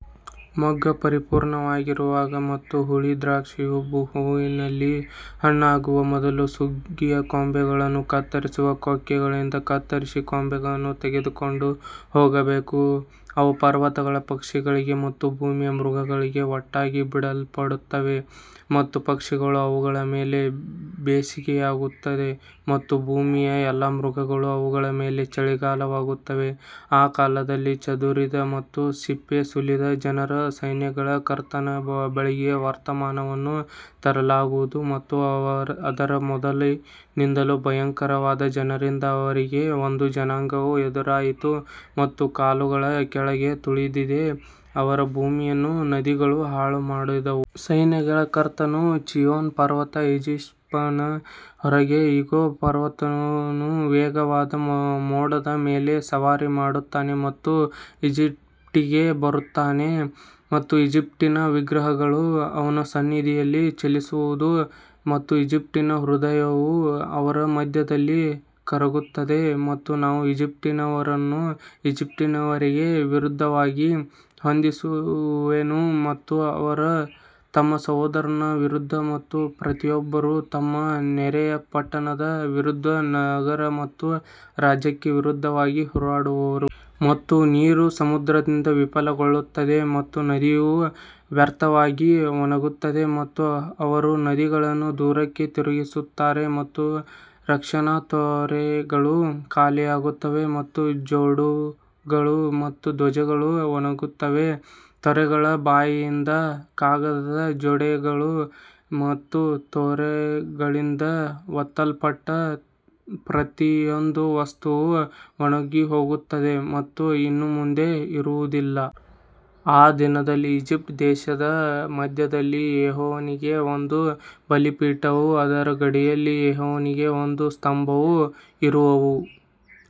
ಮೊಗ್ಗು ಪರಿಪೂರ್ಣವಾಗಿರುವಾಗ ಮತ್ತು ಹುಳಿ ದ್ರಾಕ್ಷಿಯು ಹೂವಿನಲ್ಲಿ ಹಣ್ಣಾಗುವ ಮೊದಲು ಸುಗ್ಗಿಯ ಕೊಂಬೆಗಳನ್ನು ಕತ್ತರಿಸುವ ಕೊಕ್ಕೆಗಳಿಂದ ಕತ್ತರಿಸಿ ಕೊಂಬೆಗಳನ್ನು ತೆಗೆದುಕೊಂಡು ಹೋಗಬೇಕು. ಅವು ಪರ್ವತಗಳ ಪಕ್ಷಿಗಳಿಗೆ ಮತ್ತು ಭೂಮಿಯ ಮೃಗಗಳಿಗೆ ಒಟ್ಟಿಗೆ ಬಿಡಲ್ಪಡುತ್ತವೆ ಮತ್ತು ಪಕ್ಷಿಗಳು ಅವುಗಳ ಮೇಲೆ ಬೇಸಿಗೆಯಾಗುತ್ತವೆ ಮತ್ತು ಭೂಮಿಯ ಎಲ್ಲಾ ಮೃಗಗಳು ಅವುಗಳ ಮೇಲೆ ಚಳಿಗಾಲವಾಗುತ್ತವೆ ಆ ಕಾಲದಲ್ಲಿ ಚದುರಿದ ಮತ್ತು ಸಿಪ್ಪೆ ಸುಲಿದ ಜನರ ಸೈನ್ಯಗಳ ಕರ್ತನ ಬಳಿಗೆ ವರ್ತಮಾನವನ್ನು ತರಲಾಗುವುದು ಮತ್ತು ಅವರ ಮೊದಲಿನಿಂದಲೂ ಭಯಂಕರವಾದ ಜನರಿಂದ ಇದುವರೆಗೆ ಒಂದು ಜನಾಂಗವು ಎದುರಾಯಿತು ಮತ್ತು ಕಾಲುಗಳ ಕೆಳಗೆ ತುಳಿದಿದೆ ಅವರ ಭೂಮಿಯನ್ನು ನದಿಗಳು ಹಾಳುಮಾಡಿದವು. ಸೈನ್ಯಗಳ ಕರ್ತನು ಚೀಯೋನ್ ಪರ್ವತ ಈಜಿಪ್ಟಿನ ಹೊರೆ ಇಗೋ, ಕರ್ತನು ವೇಗವಾದ ಮೋಡದ ಮೇಲೆ ಸವಾರಿ ಮಾಡುತ್ತಾನೆ ಮತ್ತು ಈಜಿಪ್ಟಿಗೆ ಬರುತ್ತಾನೆ ಮತ್ತು ಈಜಿಪ್ಟಿನ ವಿಗ್ರಹಗಳು ಅವನ ಸನ್ನಿಧಿಯಲ್ಲಿ ಚಲಿಸುವವು ಮತ್ತು ಈಜಿಪ್ಟಿನ ಹೃದಯವು ಅದರ ಮಧ್ಯದಲ್ಲಿ ಕರಗುತ್ತದೆ ಮತ್ತು ನಾನು ಈಜಿಪ್ಟಿನವರನ್ನು ಈಜಿಪ್ಟಿನವರಿಗೆ ವಿರುದ್ಧವಾಗಿ ಹೊಂದಿಸುವೆನು ಮತ್ತು ಅವರು ತಮ್ಮ ಸಹೋದರನ ವಿರುದ್ಧ ಮತ್ತು ಪ್ರತಿಯೊಬ್ಬರೂ ತಮ್ಮ ನೆರೆಯ ಪಟ್ಟಣದ ವಿರುದ್ಧ ನಗರ ಮತ್ತು ರಾಜ್ಯಕ್ಕೆ ವಿರುದ್ಧವಾಗಿ ಹೋರಾಡುವರು. ಮತ್ತು ನೀರು ಸಮುದ್ರದಿಂದ ವಿಫಲಗೊಳ್ಳುತ್ತದೆ ಮತ್ತು ನದಿಯು ವ್ಯರ್ಥವಾಗಿ ಒಣಗುತ್ತದೆ ಮತ್ತು ಅವರು ನದಿಗಳನ್ನು ದೂರಕ್ಕೆ ತಿರುಗಿಸುತ್ತಾರೆ ಮತ್ತು ರಕ್ಷಣಾ ತೊರೆಗಳು ಖಾಲಿಯಾಗುತ್ತವೆ ಮತ್ತು ಜೊಂಡುಗಳು ಮತ್ತು ಧ್ವಜಗಳು ಒಣಗುತ್ತವೆ ತೊರೆಗಳ ಬಾಯಿಯಿಂದ ಕಾಗದದ ಜೊಂಡುಗಳು ಮತ್ತು ತೊರೆಗಳಿಂದ ಬಿತ್ತಲ್ಪಟ್ಟ ಪ್ರತಿಯೊಂದು ವಸ್ತುವು ಒಣಗಿಹೋಗುತ್ತದೆ ಮತ್ತು ಇನ್ನು ಮುಂದೆ ಇರುವುದಿಲ್ಲ. ಆ ದಿನದಲ್ಲಿ ಈಜಿಪ್ಟ್ ದೇಶದ ಮಧ್ಯದಲ್ಲಿ ಯೆಹೋವನಿಗೆ ಒಂದು ಬಲಿಪೀಠವೂ ಅದರ ಗಡಿಯಲ್ಲಿ ಯೆಹೋವನಿಗೆ ಒಂದು ಸ್ತಂಭವೂ ಇರುವವು.